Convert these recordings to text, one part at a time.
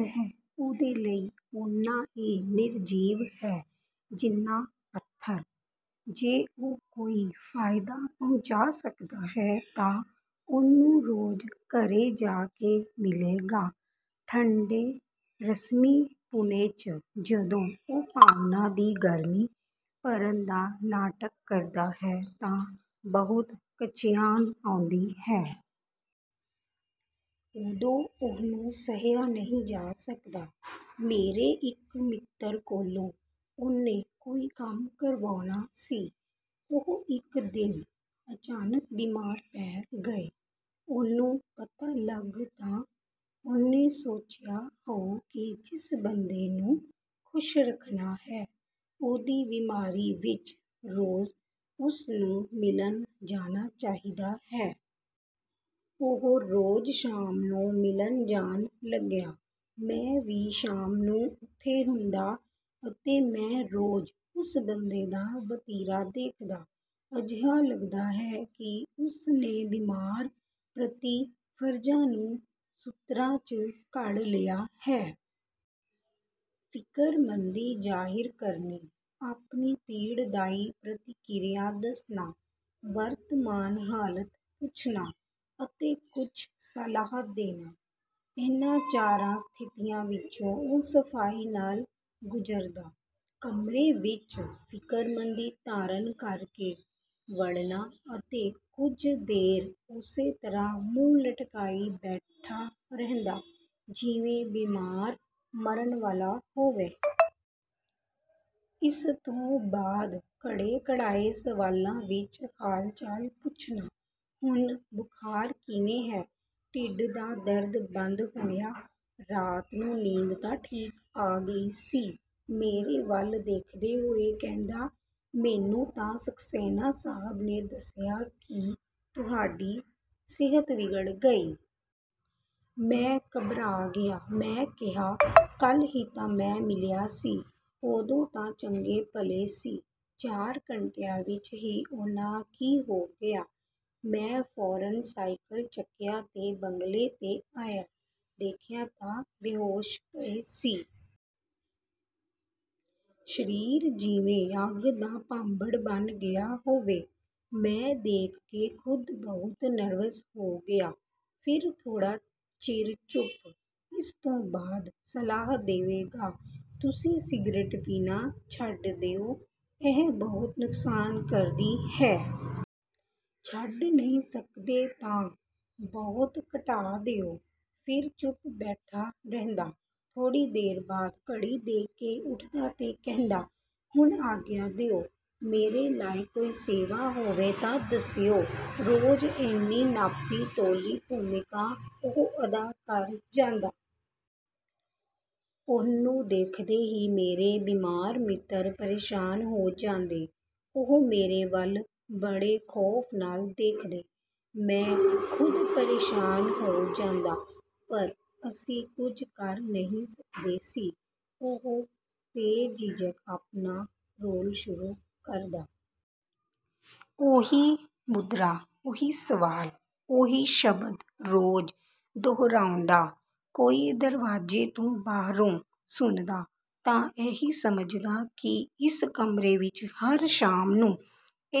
ਇਹ ਉਹਦੇ ਲਈ ਓਨਾ ਹੀ ਨਿਰਜੀਵ ਹੈ ਜਿੰਨਾ ਪੱਥਰ। ਜੇ ਉਹ ਕੋਈ ਫਾਇਦਾ ਪਹੁੰਚਾ ਸਕਦਾ ਹੈ ਤਾਂ ਉਹਨੂੰ ਰੋਜ਼ ਘਰੇ ਜਾ ਕੇ ਮਿਲੇਗਾ। ਠੰਡੇ ਰਸਮੀਪੁਣੇ 'ਚ ਜਦੋਂ ਉਹ ਭਾਵਨਾ ਦੀ ਗਰਮੀ ਭਰਨ ਦਾ ਨਾਟਕ ਕਰਦਾ ਹੈ ਤਾਂ ਬਹੁਤ ਕਚਿਆਣ ਆਉਂਦੀ ਹੈ। ਉਦੋਂ ਉਹਨੂੰ ਸਹਿਆ ਨਹੀਂ ਜਾ ਸਕਦਾ। ਮੇਰੇ ਇੱਕ ਮਿੱਤਰ ਕੋਲੋਂ ਉਹਨੇ ਕੋਈ ਕੰਮ ਕਰਵਾਉਣਾ ਸੀ। ਉਹ ਇੱਕ ਦਿਨ ਅਚਾਨਕ ਬਿਮਾਰ ਪੈ ਗਏ। ਉਹਨੂੰ ਪਤਾ ਲੱਗ ਤਾਂ ਉਹਨੇ ਸੋਚਿਆ ਹੋਊ ਕਿ ਜਿਸ ਬੰਦੇ ਨੂੰ ਖੁਸ਼ ਰੱਖਣਾ ਹੈ, ਉਹਦੀ ਬਿਮਾਰੀ ਵਿੱਚ ਰੋਜ਼ ਉਸਨੂੰ ਮਿਲਣ ਜਾਣਾ ਚਾਹੀਦਾ ਹੈ। ਉਹ ਰੋਜ਼ ਸ਼ਾਮ ਨੂੰ ਮਿਲਣ ਜਾਣ ਲੱਗਿਆ। ਮੈਂ ਵੀ ਸ਼ਾਮ ਨੂੰ ਉੱਥੇ ਹੁੰਦਾ ਅਤੇ ਮੈਂ ਰੋਜ਼ ਉਸ ਬੰਦੇ ਦਾ ਵਤੀਰਾ ਦੇਖਦਾ। ਅਜਿਹਾ ਲਗਦਾ ਹੈ ਕਿ ਉਸਨੇ ਬਿਮਾਰ ਪ੍ਰਤੀ ਫਰਜ਼ਾਂ ਨੂੰ ਸੂਤਰਾਂ 'ਚ ਘੜ ਲਿਆ ਹੈ। ਫਿਕਰਮੰਦੀ ਜ਼ਾਹਿਰ ਕਰਨੀ, ਆਪਣੀ ਪੀੜਦਾਈ ਪ੍ਰਤੀਕਿਰਿਆ ਦੱਸਣਾ, ਵਰਤਮਾਨ ਹਾਲਤ ਪੁੱਛਣਾ ਅਤੇ ਕੁਝ ਸਲਾਹ ਦੇਣਾ। ਇਹਨਾਂ ਚਾਰਾਂ ਸਥਿਤੀਆਂ ਵਿੱਚੋਂ ਉਹ ਸਫਾਈ ਨਾਲ ਗੁਜ਼ਰਦਾ। ਕਮਰੇ ਵਿੱਚ ਫਿਕਰਮੰਦੀ ਧਾਰਨ ਕਰਕੇ ਵੜਦਾ ਅਤੇ ਕੁਝ ਦੇਰ ਉਸੇ ਤਰ੍ਹਾਂ ਮੂੰਹ ਲਟਕਾਈ ਬੈਠਾ ਰਹਿੰਦਾ, ਜਿਵੇਂ ਬਿਮਾਰ ਮਰਨ ਵਾਲਾ ਹੋਵੇ। ਇਸਤੋਂ ਬਾਅਦ ਘੜੇ-ਘੜਾਏ ਸਵਾਲਾਂ ਵਿੱਚ ਹਾਲਚਾਲ ਪੁੱਛਣਾ। "ਹੁਣ ਬੁਖਾਰ ਕਿਵੇਂ ਹੈ? ਢਿੱਡ ਦਾ ਦਰਦ ਬੰਦ ਹੋਇਆ? ਰਾਤ ਨੂੰ ਨੀਂਦ ਤਾਂ ਠੀਕ ਆ ਗਈ ਸੀ?" ਮੇਰੇ ਵੱਲ ਦੇਖਦੇ ਹੋਏ ਕਹਿੰਦਾ, "ਮੈਨੂੰ ਤਾਂ ਸਕਸੈਨਾ ਸਾਹਬ ਨੇ ਦੱਸਿਆ ਕਿ ਤੁਹਾਡੀ ਸਿਹਤ ਵਿਗੜ ਗਈ। ਮੈਂ ਘਬਰਾ ਗਿਆ। ਮੈਂ ਕਿਹਾ, ਕੱਲ ਹੀ ਤਾਂ ਮੈਂ ਮਿਲਿਆ ਸੀ, ਉਦੋਂ ਤਾਂ ਚੰਗੇ-ਭਲੇ ਸੀ। ਚਾਰ ਘੰਟਿਆਂ ਵਿੱਚ ਹੀ ਉਹਨਾਂ ਕੀ ਹੋ ਗਿਆ? ਮੈਂ ਫੌਰਨ ਸਾਇਕਲ ਚੱਕਿਆ ਤੇ ਬੰਗਲੇ 'ਤੇ ਆਇਆ। ਦੇਖਿਆ ਤਾਂ ਬੇਹੋਸ਼ ਪਏ ਸੀ। ਸਰੀਰ ਜਿਵੇਂ ਅੱਗ ਦਾ ਭਾਂਬੜ ਬਣ ਗਿਆ ਹੋਵੇ। ਮੈਂ ਦੇਖ ਕੇ ਖੁਦ ਬਹੁਤ ਨਰਵਸ ਹੋ ਗਿਆ।" ਫਿਰ ਥੋੜਾ ਚਿਰ ਚੁੱਪ। ਇਸਤੋਂ ਬਾਅਦ ਸਲਾਹ ਦੇਵੇਗਾ, "ਤੁਸੀਂ ਸਿਗਰਟ ਪੀਣਾ ਛੱਡ ਦਿਓ। ਇਹ ਬਹੁਤ ਨੁਕਸਾਨ ਕਰਦੀ ਹੈ। ਛੱਡ ਨਹੀਂ ਸਕਦੇ ਤਾਂ ਬਹੁਤ ਘਟਾ ਦਿਓ।" ਫਿਰ ਚੁੱਪ ਬੈਠਾ ਰਹਿੰਦਾ। ਥੋੜੀ ਦੇਰ ਬਾਅਦ ਘੜੀ ਦੇਖ ਕੇ ਉੱਠਦਾ ਤੇ ਕਹਿੰਦਾ, "ਹੁਣ ਆਗਿਆ ਦਿਓ, ਮੇਰੇ ਲਾਇਕ ਕੋਈ ਸੇਵਾ ਹੋਵੇ ਤਾਂ ਦੱਸਿਓ।" ਰੋਜ਼ ਇੰਨੀ ਨਾਪੀ-ਤੋਲੀ ਭੂਮਿਕਾ ਉਹ ਅਦਾ ਕਰ ਜਾਂਦਾ। ਉਹਨੂੰ ਦੇਖਦੇ ਹੀ ਮੇਰੇ ਬਿਮਾਰ ਮਿੱਤਰ ਪ੍ਰੇਸ਼ਾਨ ਹੋ ਜਾਂਦੇ। ਉਹ ਮੇਰੇ ਵੱਲ ਬੜੇ ਖੌਫ ਨਾਲ ਦੇਖਦੇ। ਮੈਂ ਖੁਦ ਪ੍ਰੇਸ਼ਾਨ ਹੋ ਜਾਂਦਾ, ਪਰ ਅਸੀਂ ਕੁਝ ਕਰ ਨਹੀਂ ਸਕਦੇ ਸੀ। ਉਹ ਬੇਝਿਜਕ ਆਪਣਾ ਰੋਲ ਸ਼ੁਰੂ ਕਰਦਾ। ਉਹੀ ਮੁਦਰਾ, ਉਹੀ ਸਵਾਲ, ਉਹੀ ਸ਼ਬਦ ਰੋਜ਼ ਦੁਹਰਾਉਂਦਾ। ਕੋਈ ਦਰਵਾਜ਼ੇ ਤੋਂ ਬਾਹਰੋਂ ਸੁਣਦਾ, ਤਾਂ ਇਹੀ ਸਮਝਦਾ ਕਿ ਇਸ ਕਮਰੇ ਵਿੱਚ ਹਰ ਸ਼ਾਮ ਨੂੰ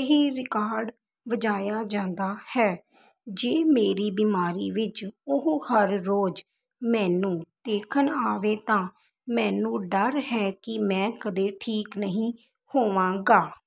ਇਹੀ ਰਿਕਾਰਡ ਵਜਾਇਆ ਜਾਂਦਾ ਹੈ। ਜੇ ਮੇਰੀ ਬਿਮਾਰੀ ਵਿੱਚ ਉਹ ਹਰ ਰੋਜ਼ ਮੈਨੂੰ ਦੇਖਣ ਆਵੇ ਤਾਂ ਮੈਨੂੰ ਡਰ ਹੈ ਕਿ ਮੈਂ ਕਦੇ ਠੀਕ ਨਹੀਂ ਹੋਵਾਂਗਾ।